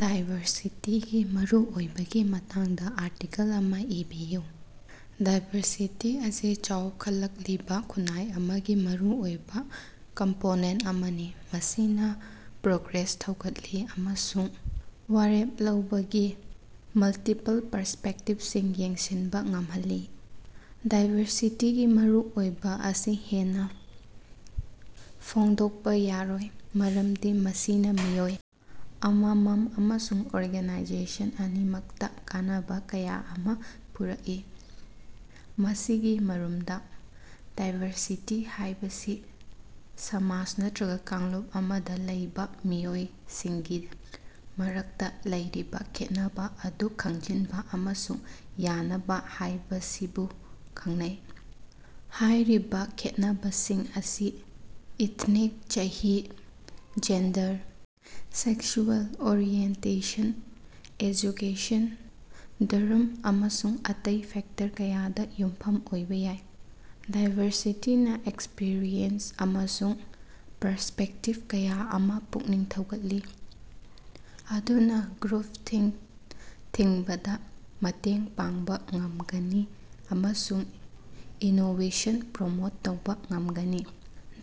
ꯗꯥꯏꯕꯔꯁꯤꯇꯤꯒꯤ ꯃꯔꯨꯑꯣꯏꯕꯒꯤ ꯃꯇꯥꯡꯗ ꯑꯥꯔꯇꯤꯀꯜ ꯑꯃꯥ ꯏꯕꯤꯌꯨ꯫ ꯗꯥꯏꯕꯔꯁꯤꯇꯤ ꯑꯁꯤ ꯆꯥꯎꯈꯠꯂꯛꯂꯤꯕ ꯈꯨꯟꯅꯥꯏ ꯑꯃꯒꯤ ꯃꯔꯨꯑꯣꯏꯕ ꯀꯝꯄꯣꯅꯦꯟꯇ ꯑꯃꯅꯤ, ꯃꯁꯤꯅꯥ ꯄ꯭ꯔꯣꯒ꯭ꯔꯦꯁ ꯊꯧꯒꯠꯂꯤ ꯑꯃꯁꯨꯡ ꯋꯥꯔꯦꯞ ꯂꯧꯕꯗ ꯃꯜꯇꯤꯄꯜ ꯄꯔꯁ꯭ꯄꯦꯛꯇꯤꯕꯁꯤꯡ ꯌꯦꯡꯁꯤꯟꯕ ꯉꯝꯍꯜꯂꯤ꯫ ꯗꯥꯏꯕꯔꯁꯤꯇꯤꯒꯤ ꯃꯔꯨꯑꯣꯏꯕ ꯑꯁꯤ ꯍꯦꯟꯅ ꯐꯣꯡꯗꯣꯛꯄ ꯌꯥꯔꯣꯏ, ꯃꯔꯝꯗꯤ ꯃꯁꯤꯅ ꯃꯤꯑꯣꯏ ꯑꯃꯃꯝ ꯑꯃꯁꯨꯡ ꯑꯣꯔꯒꯅꯥꯏꯖꯦꯁꯟ ꯑꯅꯤꯃꯛꯇ ꯀꯥꯟꯅꯕ ꯀꯌꯥ ꯑꯃ ꯄꯨꯔꯛꯏ꯫ ꯃꯁꯤꯒꯤ ꯃꯔꯨꯝꯗ, ꯗꯥꯏꯕꯔꯁꯤꯇꯤ ꯍꯥꯏꯕꯁꯤ ꯁꯃꯥꯖ ꯅꯠꯇꯔꯒ ꯀꯥꯡꯂꯨꯞ ꯑꯃꯗ ꯂꯩꯕ ꯃꯤꯑꯣꯏꯁꯤꯡꯒꯤ ꯃꯔꯛꯇ ꯂꯩꯔꯤꯕ ꯈꯦꯠꯅꯕ ꯑꯗꯨ ꯈꯪꯖꯤꯟꯕ ꯑꯃꯁꯨꯡ ꯌꯥꯅꯕ ꯍꯥꯏꯕꯁꯤꯕꯨ ꯈꯪꯅꯩ꯫ ꯍꯥꯏꯔꯤꯕ ꯈꯦꯠꯅꯕꯁꯤꯡ ꯑꯁꯤ ꯏꯊꯅꯤꯛ, ꯆꯍꯤ, ꯖꯦꯟꯗꯔ, ꯁꯦꯛꯁꯨꯑꯦꯜ ꯑꯣꯔꯤꯑꯦꯟꯇꯦꯁꯟ, ꯑꯦꯖꯨꯀꯦꯁꯟ, ꯙꯔꯝ ꯑꯃꯁꯨꯡ ꯑꯇꯩ ꯐꯦꯛꯇꯔ ꯀꯌꯥꯗ ꯌꯨꯝꯐꯝ ꯑꯣꯏꯕ ꯌꯥꯏ꯫ ꯗꯥꯏꯕꯔꯁꯤꯇꯤꯅ ꯑꯦꯛꯁꯄꯔꯤꯌꯦꯟꯁ ꯑꯃꯁꯨꯡ ꯄꯔꯁ꯭ꯄꯦꯛꯇꯤꯕ ꯀꯌꯥ ꯑꯃ ꯄꯨꯛꯅꯤꯡ ꯊꯧꯒꯠꯂꯤ, ꯃꯗꯨꯅ ꯒ꯭ꯔꯨꯄꯊꯤꯡꯀ ꯊꯤꯡꯕꯗ ꯃꯇꯦꯡ ꯄꯥꯡꯕ ꯉꯝꯒꯅꯤ ꯑꯃꯁꯨꯡ ꯏꯅꯣꯕꯦꯁꯟ ꯄ꯭ꯔꯃꯣꯠ ꯇꯧꯕ ꯉꯝꯒꯅꯤ꯫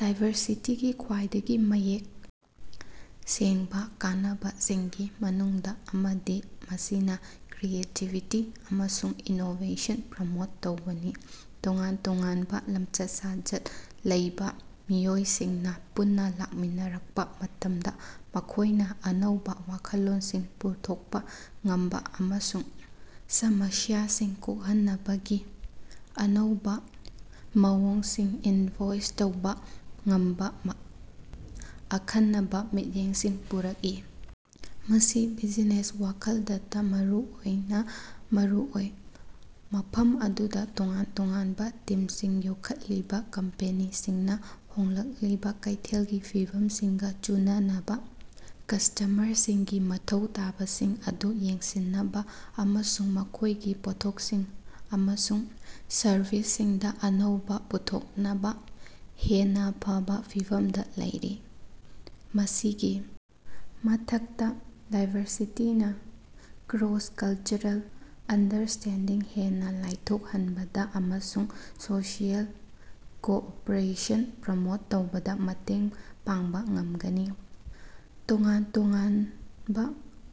ꯗꯥꯏꯕꯔꯁꯤꯇꯤꯒꯤ ꯈ꯭ꯕꯥꯏꯗꯒꯤ ꯃꯌꯦꯛ ꯁꯦꯡꯕ ꯀꯥꯟꯅꯕꯁꯤꯡꯒꯤ ꯃꯅꯨꯡꯗ ꯑꯃꯗꯤ ꯃꯁꯤꯅ ꯀ꯭ꯔꯤꯌꯦꯇꯤꯕꯤꯇꯤ ꯑꯃꯁꯨꯡ ꯏꯅꯣꯕꯦꯁꯟ ꯄ꯭ꯔꯃꯣꯠ ꯇꯧꯕꯅꯤ꯫ ꯇꯣꯉꯥꯟ-ꯇꯣꯉꯥꯟꯕ ꯂꯝꯆꯠ-ꯁꯥꯖꯠ ꯂꯩꯕ ꯃꯤꯑꯣꯏꯁꯤꯡꯅ ꯄꯨꯟꯅ ꯂꯥꯛꯃꯤꯟꯅꯔꯛꯄ ꯃꯇꯝꯗ ꯃꯈꯣꯏꯅ ꯑꯅꯧꯕ ꯋꯥꯈꯜꯂꯣꯟꯁꯤꯡ ꯄꯨꯊꯣꯛꯄ ꯉꯝꯕ ꯑꯃꯁꯨꯡ ꯁꯃꯁ꯭ꯌꯥꯁꯤꯡ ꯀꯣꯛꯍꯟꯅꯕꯒꯤ ꯑꯅꯧꯕ ꯃꯑꯣꯡꯁꯤꯡ ꯏꯟꯚꯣꯏꯁ ꯇꯧꯕ ꯉꯝꯕ ꯑꯈꯟꯅꯕ ꯃꯤꯠꯌꯦꯡꯁꯤꯡ ꯄꯨꯔꯛꯏ꯫ ꯃꯁꯤ ꯕꯤꯖꯤꯅꯦꯁ ꯋꯥꯔꯜꯗꯇꯥ ꯃꯔꯨꯑꯣꯏꯅ ꯃꯔꯨꯑꯣꯏ, ꯃꯐꯝ ꯑꯗꯨꯗ ꯇꯣꯉꯥꯟ ꯇꯣꯉꯥꯟꯕ ꯇꯤꯝꯁꯤꯡ ꯌꯣꯛꯈꯠꯂꯤꯕꯥ ꯀꯝꯄꯦꯅꯤꯁꯤꯡꯅ ꯍꯣꯡꯂꯛꯂꯤꯕ ꯀꯩꯊꯦꯜꯒꯤ ꯐꯤꯚꯝꯁꯤꯡꯒ ꯆꯨꯁꯤꯟꯅꯅꯕ, ꯀꯁ꯭ꯇꯃꯔꯁꯤꯡꯒꯤ ꯃꯊꯧ ꯇꯥꯕꯁꯤꯡ ꯑꯗꯨ ꯌꯦꯡꯁꯤꯟꯅꯕ ꯑꯃꯁꯨꯡ ꯃꯈꯣꯏꯒꯤ ꯄꯣꯠꯊꯣꯛꯁꯤꯡ ꯑꯃꯁꯨꯡ ꯁꯔꯕꯤꯁꯁꯤꯡꯗꯥ ꯑꯅꯧꯕ ꯄꯨꯊꯣꯛꯅꯕ ꯍꯦꯟꯅ ꯐꯕ ꯐꯤꯚꯝꯗ ꯂꯩꯔꯤ꯫ ꯃꯁꯤꯒꯤ ꯃꯊꯛꯇ, ꯗꯥꯏꯕꯔꯁꯤꯇꯤꯅ ꯀ꯭ꯔꯣꯁ-ꯀꯜꯆꯔꯦꯜ ꯑꯟꯗꯔꯁ꯭ꯇꯦꯟꯗꯤꯡ ꯍꯦꯟꯅ ꯂꯥꯏꯊꯣꯛꯍꯟꯕꯗ ꯑꯃꯁꯨꯡ ꯁꯣꯁꯤꯑꯦꯜ ꯀꯣꯑꯣꯄꯔꯦꯁꯟ ꯄ꯭ꯔꯃꯣꯠ ꯇꯧꯕꯗ ꯃꯇꯦꯡ ꯄꯥꯡꯕ ꯉꯝꯒꯅꯤ꯫ ꯇꯣꯉꯥꯟ-ꯇꯣꯉꯥꯟꯕ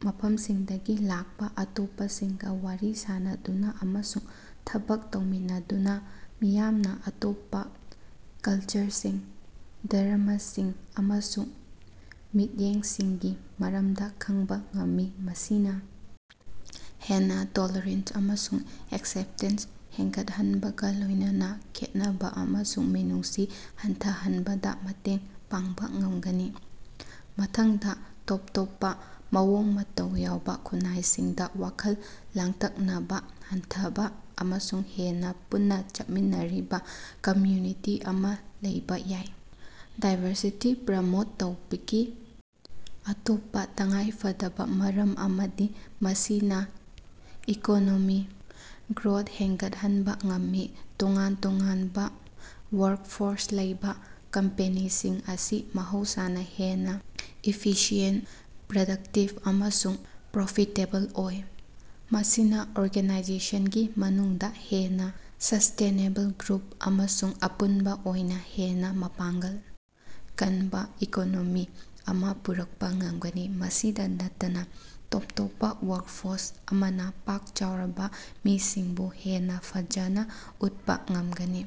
ꯃꯐꯝꯁꯤꯡꯗꯒꯤ ꯂꯥꯛꯄꯥ ꯑꯇꯣꯞꯄꯁꯤꯡꯒ ꯋꯥꯔꯤ ꯁꯥꯅꯗꯨꯅ ꯑꯃꯁꯨꯡ ꯊꯕꯛ ꯇꯧꯃꯤꯟꯅꯗꯨꯅ ꯃꯤꯌꯥꯝꯅ ꯑꯇꯣꯞꯄ ꯀꯜꯆꯔꯁꯤꯡ, ꯙꯔꯝꯃꯁꯤꯡ ꯑꯃꯁꯨꯡ ꯃꯤꯠꯌꯦꯡꯁꯤꯡꯒꯤ ꯃꯔꯝꯗ ꯈꯪꯕ ꯉꯝꯃꯤ꯫ ꯃꯁꯤꯅ ꯍꯦꯟꯅ ꯇꯣꯜꯔꯦꯟꯁ ꯑꯃꯁꯨꯡ ꯑꯦꯛꯁꯦꯞꯇꯦꯟꯁ ꯍꯦꯟꯒꯠꯍꯟꯕꯒ ꯂꯣꯏꯅꯅ ꯈꯦꯟꯅꯕ ꯑꯃꯁꯨꯡ ꯃꯤꯅꯨꯡꯁꯤ ꯍꯟꯊꯍꯟꯕꯗ ꯃꯇꯦꯡ ꯄꯥꯡꯕ ꯉꯝꯒꯅꯤ꯫ ꯃꯊꯪꯗ, ꯇꯣꯞ ꯇꯣꯞꯄ ꯃꯑꯣꯡ-ꯃꯇꯧ ꯌꯥꯎꯕ ꯈꯨꯟꯅꯥꯏꯁꯤꯡꯗ ꯋꯥꯈꯜ ꯂꯥꯡꯇꯛꯅꯕ ꯍꯟꯊꯕ ꯑꯃꯁꯨꯡ ꯍꯦꯟꯅ ꯄꯨꯟꯅ ꯆꯠꯃꯤꯟꯅꯔꯤꯕ ꯀꯝꯌꯨꯅꯤꯇꯤ ꯑꯃ ꯂꯩꯕꯥ ꯌꯥꯏ꯫ ꯗꯥꯏꯕꯔꯁꯤꯇꯤ ꯄ꯭ꯔꯃꯣꯠ ꯇꯧꯕꯒꯤ ꯑꯇꯣꯞꯄꯥ ꯇꯉꯥꯏꯐꯗꯕ ꯃꯔꯝ ꯑꯃꯗꯤ ꯃꯁꯤꯅ ꯏꯀꯣꯅꯣꯃꯤꯛ ꯒ꯭ꯔꯣꯊ ꯍꯦꯡꯒꯠꯍꯟꯕ ꯉꯝꯃꯤ꯫ ꯇꯣꯉꯥꯟ ꯇꯣꯉꯥꯟꯕ ꯋꯥꯔꯛꯐꯣꯔꯁ ꯂꯩꯕ ꯀꯝꯄꯦꯅꯤꯁꯤꯡ ꯑꯁꯤ ꯃꯍꯧꯁꯥꯅ ꯍꯦꯟꯅ ꯏꯐꯤꯁꯤꯌꯦꯟꯇ, ꯄ꯭ꯔꯗꯛꯇꯤꯕ ꯑꯃꯁꯨꯡ ꯄ꯭ꯔꯣꯐꯤꯇꯦꯕꯜ ꯑꯣꯏ꯫ ꯃꯁꯤꯅ ꯑꯣꯔꯒꯅꯥꯏꯖꯦꯁꯟꯒꯤ ꯃꯅꯨꯡꯗ ꯍꯦꯟꯅꯥ ꯁꯁ꯭ꯇꯦꯅꯦꯕꯜ ꯒ꯭ꯔꯣꯊ ꯑꯃꯁꯨꯡ ꯑꯄꯨꯟꯕ ꯑꯣꯏꯅ ꯍꯦꯟꯅ ꯃꯄꯥꯡꯒꯜ ꯀꯟꯕ ꯏꯀꯣꯅꯣꯃꯤ ꯑꯃ ꯄꯨꯔꯛꯄ ꯉꯝꯒꯅꯤ꯫ ꯃꯁꯤꯗ ꯅꯠꯇꯅ, ꯇꯣꯞ ꯇꯣꯞꯄ ꯋꯥꯔꯛꯐꯣꯔꯁ ꯑꯃꯅ ꯄꯥꯛ ꯆꯥꯎꯔꯕ ꯃꯤꯁꯤꯡꯕꯨ ꯍꯦꯟꯅ ꯐꯖꯅ ꯎꯠꯄ ꯉꯝꯒꯅꯤ,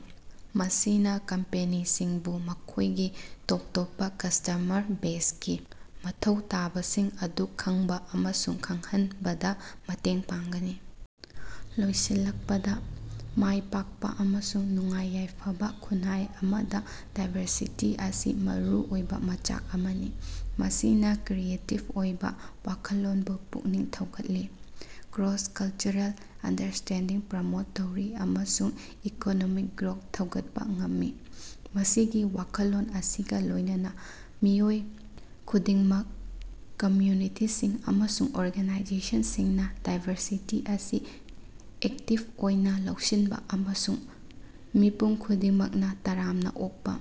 ꯃꯁꯤꯅ ꯀꯝꯄꯦꯅꯤꯁꯤꯡꯕꯨ ꯃꯈꯣꯏꯒꯤ ꯇꯣꯞ ꯇꯣꯞꯄ ꯀꯁ꯭ꯇꯃꯔ ꯕꯦꯖꯒꯤ ꯃꯊꯧ ꯇꯥꯕꯁꯤꯡ ꯑꯗꯨ ꯈꯪꯕ ꯑꯃꯁꯨꯡ ꯐꯪꯍꯟꯕꯗ ꯃꯇꯦꯡ ꯄꯥꯡꯒꯅꯤ꯫ ꯂꯣꯏꯁꯤꯜꯂꯛꯄꯗ, ꯃꯥꯏꯄꯥꯛꯄ ꯑꯃꯁꯨꯡ ꯅꯨꯡꯉꯥꯏ-ꯌꯥꯏꯐꯕ ꯈꯨꯟꯅꯥꯏ ꯑꯃꯗꯥ ꯗꯥꯏꯕꯔꯁꯤꯇꯤ ꯑꯁꯤ ꯃꯔꯨꯑꯣꯏꯕ ꯃꯆꯥꯛ ꯑꯃꯅꯤ꯫ ꯃꯁꯤꯅ ꯀ꯭ꯔꯤꯌꯦꯇꯤꯕ ꯑꯣꯏꯕ ꯋꯥꯈꯜꯂꯣꯟꯕꯨ ꯄꯨꯛꯅꯤꯡ ꯊꯧꯒꯠꯂꯤ, ꯀ꯭ꯔꯣꯁ-ꯀꯜꯆꯔꯦꯜ ꯑꯟꯗꯔꯁ꯭ꯇꯦꯟꯗꯤꯡ ꯄ꯭ꯔꯃꯣꯠ ꯇꯧꯔꯤ ꯑꯃꯁꯨꯡ ꯏꯀꯣꯅꯣꯃꯤꯛ ꯒ꯭ꯔꯣꯊ ꯊꯧꯒꯠꯄ ꯉꯝꯃꯤ꯫ ꯃꯁꯤꯒꯤ ꯋꯥꯈꯜꯂꯣꯟ ꯑꯁꯤꯒ ꯂꯣꯏꯅꯅ, ꯃꯤꯑꯣꯏ ꯈꯨꯗꯤꯡꯃꯛ, ꯀꯝꯌꯨꯅꯤꯇꯤꯁꯤꯡ ꯑꯃꯁꯨꯡ ꯑꯣꯔꯒꯥꯅꯥꯏꯖꯦꯁꯟꯁꯤꯡꯅ ꯗꯥꯏꯕꯔꯁꯤꯇꯤ ꯑꯁꯤ ꯑꯦꯛꯇꯤꯕ ꯑꯣꯏꯅ ꯂꯧꯁꯤꯟꯕ ꯑꯃꯁꯨꯡ ꯃꯤꯄꯨꯝ ꯈꯨꯗꯤꯡꯃꯛꯅ ꯇꯔꯥꯝꯅ ꯑꯣꯛꯄꯥ,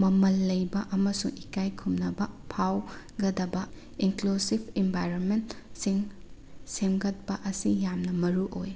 ꯃꯃꯜ ꯂꯩꯕꯥ ꯑꯃꯁꯨꯡ ꯏꯀꯥꯏ ꯈꯨꯝꯅꯕ ꯐꯥꯎꯒꯗꯕ ꯏꯟꯀ꯭ꯂꯨꯁꯤꯕ ꯑꯦꯟꯚꯥꯏꯔꯅꯃꯦꯟꯇꯁꯤꯡ ꯁꯦꯝꯒꯠꯄꯥ ꯑꯁꯤ ꯌꯥꯝꯅ ꯃꯔꯨꯑꯣꯏ꯫।